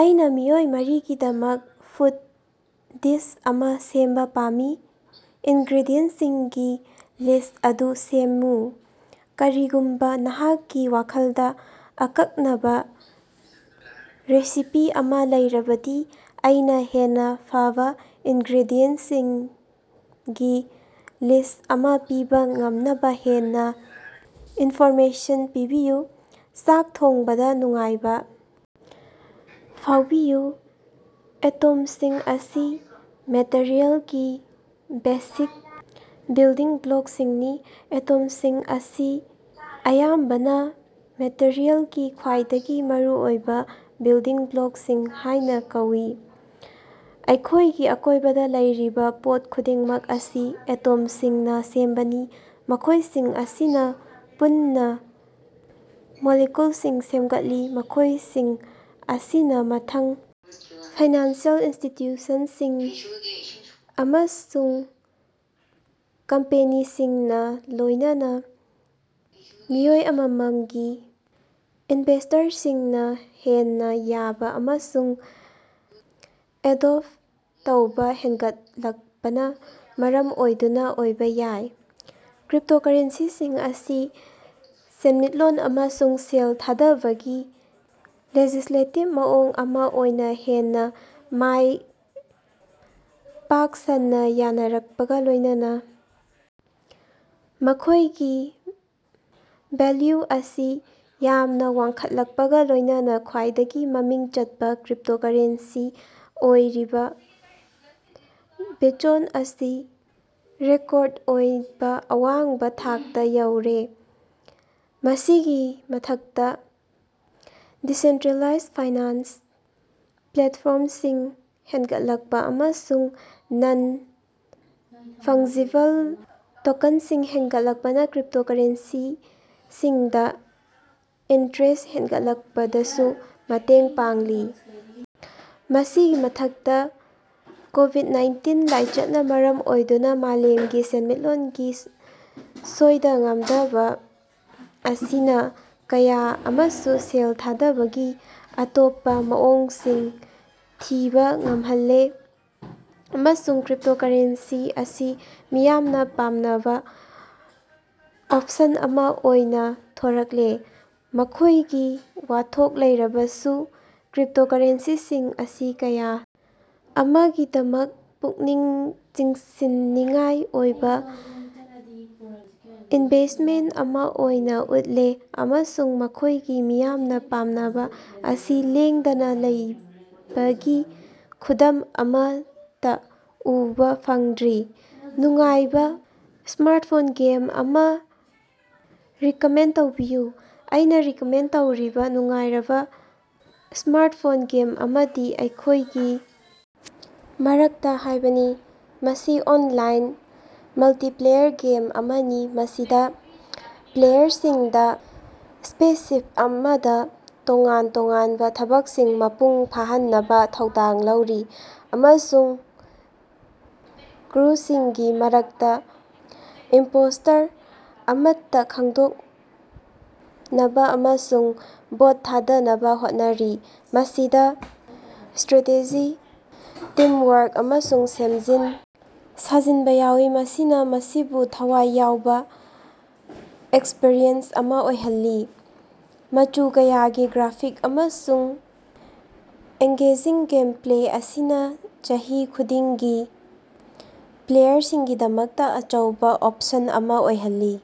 ꯑꯩꯅꯥ ꯃꯤꯑꯣꯏ ꯃꯔꯤꯒꯤꯗꯃꯛ food this ꯑꯃ ꯁꯦꯝꯕ ꯄꯥꯝꯃꯤ꯫ ꯏꯟꯒ꯭ꯔꯦꯗꯤꯌꯦꯟꯁꯤꯡꯒꯤ ꯂꯤꯁ꯭ꯠ ꯑꯗꯨ ꯁꯦꯝꯃꯨ꯫ ꯀꯔꯤꯒꯨꯝꯕ ꯅꯍꯥꯛꯀꯤ ꯋꯥꯈꯜꯗ ꯑꯀꯛꯅꯕꯥ ꯔꯦꯁꯤꯄꯤ ꯑꯃ ꯂꯩꯔꯕꯗꯤ, ꯑꯩꯅꯥ ꯍꯦꯟꯅ ꯐꯕꯥ ꯏꯟꯒ꯭ꯔꯦꯗꯤꯌꯦꯟꯇꯁꯤꯡꯒꯤ ꯂꯤꯁ꯭ꯠ ꯑꯃ ꯄꯤꯕ ꯉꯝꯅꯕ ꯍꯦꯟꯅ ꯏꯟꯐꯣꯔꯃꯦꯁꯟ ꯄꯤꯕꯤꯌꯨ꯫ ꯆꯥꯛ ꯊꯣꯡꯕꯗꯥ ꯅꯨꯡꯉꯥꯏꯕ ꯐꯥꯎꯕꯤꯌꯨ꯫ ꯑꯦꯇꯣꯝꯁꯤꯡ ꯑꯁꯤ ꯃꯦꯇꯔꯤꯑꯦꯜꯒꯤ ꯕꯦꯁꯤꯛ ꯕꯤꯜꯗꯤꯡ ꯕ꯭ꯂꯣꯛꯁꯤꯡꯅꯤ꯫ ꯑꯦꯇꯣꯝꯁꯤꯡ ꯑꯁꯤ ꯑꯌꯥꯝꯕꯅ ꯃꯦꯇꯔꯤꯑꯦꯜꯒꯤ ꯈ꯭ꯋꯥꯏꯗꯒꯤ ꯃꯔꯨꯑꯣꯏꯕ ꯕꯤꯜꯗꯤꯡ ꯕ꯭ꯂꯣꯛꯁꯤꯡ ꯍꯥꯏꯅ ꯀꯧꯏ꯫ ꯑꯩꯈꯣꯏꯒꯤ ꯑꯀꯣꯏꯕꯗ ꯂꯩꯔꯤꯕ ꯄꯣꯠ ꯈꯨꯗꯤꯡꯃꯛ ꯑꯁꯤ ꯑꯦꯇꯣꯝꯁꯤꯡꯅ ꯁꯦꯝꯕꯅꯤ, ꯃꯈꯣꯏꯁꯤꯡ ꯑꯁꯤꯅ ꯄꯨꯟꯅ ꯃꯣꯂꯤꯀꯨꯜꯁꯤꯡ ꯁꯦꯝꯒꯠꯂꯤ, ꯃꯈꯣꯏꯁꯤꯡ ꯑꯁꯤꯅ ꯃꯊꯪ ꯐꯥꯏꯅꯥꯟꯁꯤꯑꯦꯜ ꯏꯟꯁꯇꯤꯇꯌꯨꯁꯟꯁꯤꯡ ꯑꯃꯁꯨꯡ ꯀꯝꯄꯦꯅꯤꯁꯤꯡꯅ, ꯂꯣꯏꯅꯅ ꯃꯤꯑꯣꯏ ꯑꯃꯝꯃꯒꯤ ꯏꯅꯚꯦꯁ꯭ꯇꯔꯁꯤꯡꯅ ꯍꯦꯟꯅ ꯌꯥꯕ ꯑꯃꯁꯨꯡ ꯑꯦꯗꯣꯞꯇ ꯇꯧꯕꯥ ꯍꯦꯟꯒꯠꯂꯛꯄꯅ ꯃꯔꯝ ꯑꯣꯏꯗꯨꯅ ꯑꯣꯏꯕ ꯌꯥꯏ꯫ ꯀ꯭ꯔꯤꯞꯇꯣꯀꯔꯦꯟꯁꯤꯁꯤꯡ ꯑꯁꯤ ꯁꯦꯟꯃꯤꯠꯂꯣꯟ ꯑꯃꯁꯨꯡ ꯁꯦꯜ ꯊꯥꯗꯕꯒꯤ ꯂꯦꯖꯤꯁꯂꯦꯇꯤꯕ ꯃꯑꯣꯡ ꯑꯃ ꯑꯣꯏꯅ ꯍꯦꯟꯅ ꯄꯥꯛ ꯁꯟꯅ ꯌꯥꯅꯔꯛꯄꯒꯥ ꯂꯣꯏꯅꯅ ꯃꯈꯣꯏꯒꯤ ꯚꯦꯜꯌꯨ ꯑꯁꯤ ꯌꯥꯝꯅ ꯋꯥꯡꯈꯠꯂꯛꯄꯒ ꯂꯣꯏꯅꯅ ꯈꯋꯥ꯭ꯏꯗꯒꯤ ꯃꯃꯤꯡ ꯆꯠꯄ ꯀ꯭ꯔꯤꯞꯇꯣꯀꯔꯦꯟꯁꯤ ꯑꯣꯏꯔꯤꯕ ꯕꯤꯠꯆꯣꯟ ꯑꯁꯤ ꯔꯦꯀꯣꯔꯗ ꯑꯣꯏꯕ ꯑꯋꯥꯡꯕ ꯊꯥꯛꯇ ꯌꯧꯔꯦ꯫ ꯃꯁꯤꯒꯤ ꯃꯊꯛꯇꯥ, ꯗꯤꯁꯦꯟꯇ꯭ꯔꯦꯂꯥꯏꯖ ꯐꯥꯏꯅꯥꯟꯁ ꯄ꯭ꯂꯦꯠꯐꯣꯔꯝꯁꯤꯡ ꯍꯦꯟꯒꯠꯂꯛꯄ ꯑꯃꯁꯨꯡ ꯅꯟ-ꯐꯪꯖꯤꯕꯜ ꯇꯣꯀꯟꯁꯤꯡ ꯍꯦꯟꯒꯠꯂꯛꯄꯅ ꯀ꯭ꯔꯤꯞꯇꯣꯀꯔꯦꯟꯁꯤꯁꯤꯡꯗꯥ ꯏꯟꯇ꯭ꯔꯦꯁ ꯍꯦꯟꯒꯠꯂꯛꯄꯗꯁꯨ ꯃꯇꯦꯡ ꯄꯥꯡꯂꯤ꯫ ꯃꯁꯤꯒꯤ ꯃꯊꯛꯇꯥ, ꯀꯣꯕꯤꯗ-ꯅꯥꯏꯟꯇꯤꯟ ꯂꯥꯏꯆꯠꯅ ꯃꯔꯝ ꯑꯣꯏꯗꯨꯅ ꯃꯥꯂꯦꯝꯒꯤ ꯁꯦꯟꯃꯤꯠꯂꯣꯟꯒꯤ ꯁꯣꯏꯗ-ꯉꯥꯝꯗꯕ ꯑꯁꯤꯅꯥ ꯀꯌꯥ ꯑꯃꯁꯨ ꯁꯦꯜ ꯊꯥꯗꯕꯒꯤ ꯑꯇꯣꯞꯄꯥ ꯃꯑꯣꯡꯁꯤꯡ ꯊꯤꯕꯥ ꯉꯝꯍꯜꯂꯦ, ꯑꯃꯁꯨꯡ ꯀ꯭ꯔꯤꯞꯇꯣꯀꯔꯦꯟꯁꯤ ꯑꯁꯤ ꯃꯤꯌꯥꯝꯅ ꯄꯥꯝꯅꯕ ꯑꯣꯞꯁꯟ ꯑꯃ ꯑꯣꯏꯅ ꯊꯣꯔꯛꯂꯦ꯫ ꯃꯈꯣꯏꯒꯤ ꯋꯥꯊꯣꯛ ꯂꯩꯔꯕꯁꯨ, ꯀ꯭ꯔꯤꯞꯇꯣꯀꯔꯦꯟꯁꯤꯁꯤꯡ ꯑꯁꯤ ꯀꯌꯥ ꯑꯃꯒꯤꯗꯃꯛ ꯄꯨꯛꯅꯤꯡ ꯆꯤꯡꯁꯤꯟꯅꯤꯡꯉꯥꯏ ꯑꯣꯏꯕꯥ ꯏꯟꯚꯦꯁ꯭ꯇꯃꯦꯟ ꯑꯃ ꯑꯣꯏꯅ ꯎꯠꯂꯦ ꯑꯃꯁꯨꯡ ꯃꯈꯣꯏꯒꯤ ꯃꯤꯌꯥꯝꯅ ꯄꯥꯝꯅꯕ ꯑꯁꯤ ꯂꯦꯡꯗꯅꯥ ꯂꯩꯕꯒꯤ ꯈꯨꯗꯝ ꯑꯃꯠꯇ ꯎꯕ ꯐꯪꯗ꯭ꯔꯤ꯫ ꯅꯨꯡꯉꯥꯏꯕ ꯁ꯭ꯃꯥꯔꯠꯐꯣꯟ ꯒꯦꯝ ꯑꯃ ꯔꯤꯀꯃꯦꯟ ꯇꯧꯕꯤꯌꯨ꯫ ꯑꯩꯅ ꯔꯤꯀꯃꯦꯟ ꯇꯧꯔꯤꯕ ꯅꯨꯡꯉꯥꯏꯔꯕ ꯁ꯭ꯃꯥꯔꯠꯐꯣꯟ ꯒꯦꯝ ꯑꯃꯗꯤ "ꯑꯩꯈꯣꯏꯒꯤ ꯃꯔꯛꯇꯥ" ꯍꯥꯏꯕꯅꯤ꯫ ꯃꯁꯤ ꯑꯣꯟꯂꯥꯏꯟ ꯃꯜꯇꯤꯄ꯭ꯂꯦꯌꯔ ꯒꯦꯝ ꯑꯃꯅꯤ ꯃꯁꯤꯗ ꯄ꯭ꯂꯦꯌꯔꯁꯤꯡꯗꯥ ꯁ꯭ꯄꯦꯁꯁꯤꯞ ꯑꯃꯗ ꯇꯣꯉꯥꯟ ꯇꯣꯉꯥꯟꯕ ꯊꯕꯛꯁꯤꯡ ꯃꯄꯨꯡ ꯐꯥꯍꯟꯅꯕ ꯊꯧꯗꯥꯡ ꯂꯧꯔꯤ ꯑꯃꯁꯨꯡ ꯀ꯭ꯔꯨꯁꯤꯡꯒꯤ ꯃꯔꯛꯇꯥ ꯏꯝꯄꯣꯁꯇꯔ ꯑꯃꯠꯇ ꯈꯪꯗꯣꯛꯅꯕ ꯑꯃꯁꯨꯡ ꯚꯣꯠ ꯊꯥꯗꯅꯕ ꯍꯣꯠꯅꯔꯤ꯫ ꯃꯁꯤꯗꯥ ꯁꯇ꯭꯭ꯔꯦꯇꯦꯖꯤ, ꯇꯤꯝꯋꯥꯔꯛ ꯑꯃꯁꯨꯡ ꯁꯦꯝꯖꯤꯟ ꯁꯥꯖꯤꯟꯕ ꯌꯥꯎꯏ, ꯃꯁꯤꯅ ꯃꯁꯤꯕꯨ ꯊꯋꯥꯏ ꯌꯥꯎꯕ ꯑꯦꯛꯁꯄ꯭ꯔꯤꯌꯦꯟꯁ ꯑꯃ ꯑꯣꯏꯍꯜꯂꯤ꯫ ꯃꯆꯨ ꯀꯌꯥꯒꯤ ꯒ꯭ꯔꯥꯐꯤꯛꯁ ꯑꯃꯁꯨꯡ ꯑꯦꯡꯒꯦꯖꯤꯡ ꯒꯦꯝꯄ꯭ꯂꯦ ꯑꯁꯤꯅ ꯆꯍꯤ ꯈꯨꯗꯤꯡꯒꯤ ꯄ꯭ꯂꯦꯌꯔꯁꯤꯡꯒꯤꯗꯃꯛꯇꯥ ꯑꯆꯧꯕ ꯑꯣꯞꯁꯟ ꯑꯃ ꯑꯣꯏꯍꯜꯂꯤ꯫